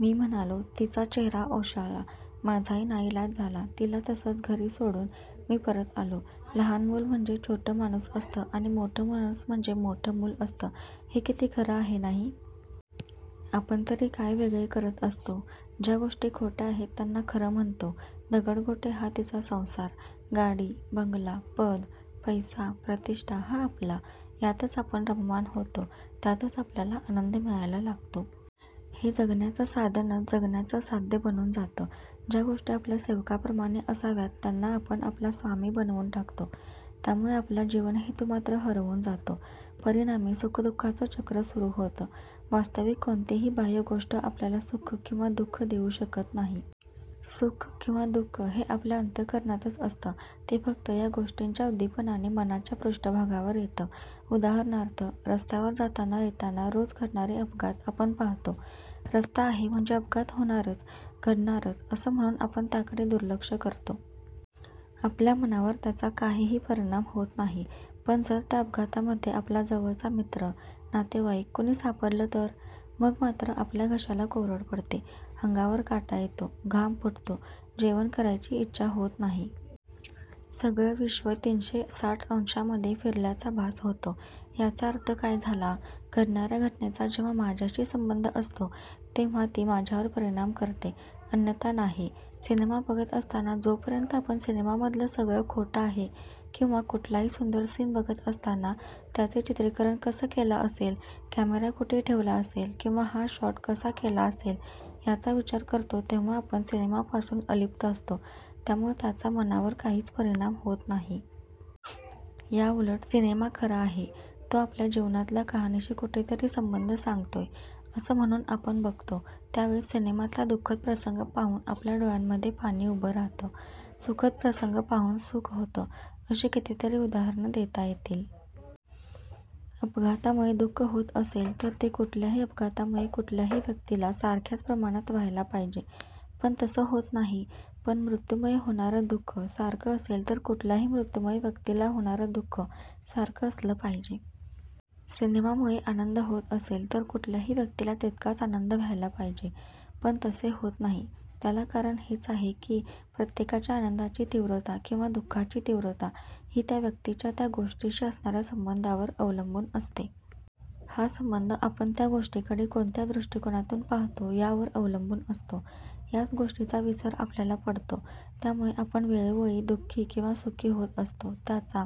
मी म्हणालो. तिचा चेहरा ओशाळला. माझाही नाईलाज झाला. तिला तसंच घरी सोडून, मी परत आलो. लहान मूल म्हणजे छोटं माणूस असतं आणि मोठं माणूस म्हणजे मोठं मूल असतं. हे किती खरं आहे नाही? आपण तरी काय वेगळं करत असतो? ज्या गोष्टी खोट्या आहेत त्यांना खरं म्हणतो. दगडगोटे हा तिचा संसार. गाडी, बंगला, पद, पैसा, प्रतिष्ठा हा आपला! यातच आपण रममाण होतो. त्यातच आपल्याला आनंद मिळायला लागतो. हे जगण्याचं साधनच जगण्याचं साध्य बनून जातं. ज्या गोष्टी आपल्या सेवकाप्रमाणे असाव्यात त्यांना आपण आपला स्वामी बनवून टाकतो. त्यामुळे आपला जीवनहेतू मात्र हरवून जातो. परिणामी सुखदु:खाचं चक्र सुरू होतं. वास्तविक कोणतीही बाह्य गोष्ट आपल्याला सुख किंवा दुःख देऊ शकत नाही. सुख किंवा दुःख हे आपल्या अंत:करणातच असतं. ते फक्त या गोष्टींच्या उद्दीपनाने मनाच्या पृष्ठभागावर येतं. उदाहरणार्थ, रस्त्यावर जाताना येताना रोज घडणारे अपघात आपण पाहतो. रस्ता आहे म्हणजे अपघात होणारच, घडणारच असं म्हणून आपण त्याकडे दुर्लक्ष करतो. आपल्या मनावर त्याचा काहीही परिणाम होत नाही, पण जर त्या अपघातांमध्ये आपला जवळचा मित्र, नातेवाईक कुणी सापडलं तर? मग मात्र आपल्या घशाला कोरड पडते. अंगावर काटा येतो. घाम फुटतो. जेवण करायची इच्छा होत नाही. सगळं विश्व तीनशे साठ अंशामध्ये फिरल्याचा भास होतो. याचा अर्थ काय झाला? घडणाऱ्या घटनेचा जेव्हा माझ्याशी संबंध असतो तेव्हा ती माझ्यावर परिणाम करते, अन्यथा नाही. सिनेमा बघत असताना जोपर्यंत आपण सिनेमामधलं सगळं खोटं आहे किंवा कुठलाही सुंदर सीन बघत असताना त्याचे चित्रीकरण कसं केलं असेल, कॅमेरा कुठे ठेवला असेल किंवा हा शॉट कसा केला असेल याचा विचार करतो तेव्हा आपण सिनेमापासून अलिप्त असतो, त्यामुळे त्याचा मनावर काहीच परिणाम होत नाही. याउलट सिनेमा खरा आहे. तो आपल्या जीवनातल्या कहाणीशी कुठेतरी संबंध सांगतोय असं म्हणून आपण बघतो, त्या वेळेस सिनेमातला दुःखद प्रसंग पाहून आपल्या डोळ्यांमध्ये पाणी उभं राहतं. सुखद प्रसंग पाहून सुख होतं. अशी कितीतरी उदाहरणं देता येतील. अपघातामुळे दुःख होत असेल तर ते कुठल्याही अपघातामुळे कुठल्याही व्यक्तीला सारख्याच प्रमाणात व्हायला पाहिजे, पण तसं होत नाही. जर मृत्यूमुळे होणारं दुःख सारखं असेल तर कुठल्याही मृत्यूमुळे व्यक्तीला होणारं दुःख सारखं असलं पाहिजे. सिनेमामुळे आनंद होत असेल तर कुठल्याही व्यक्तीला तितकाच आनंद व्हायला पाहिजे, पण तसे होत नाही, त्याला कारण हेच आहे की प्रत्येकाच्या आनंदाची तीव्रता किंवा दुःखाची तीव्रता ही त्या व्यक्तीच्या त्या गोष्टीशी असणाऱ्या संबंधावर अवलंबून असते. हा संबंध आपण त्या गोष्टीकडे कोणत्या दृष्टीकोनातून पाहतो यावर अवलंबून असतो. याच गोष्टीचा विसर आपल्याला पडतो. त्यामुळे आपण वेळोवेळी दुःखी किंवा सुखी होत असतो. त्याचा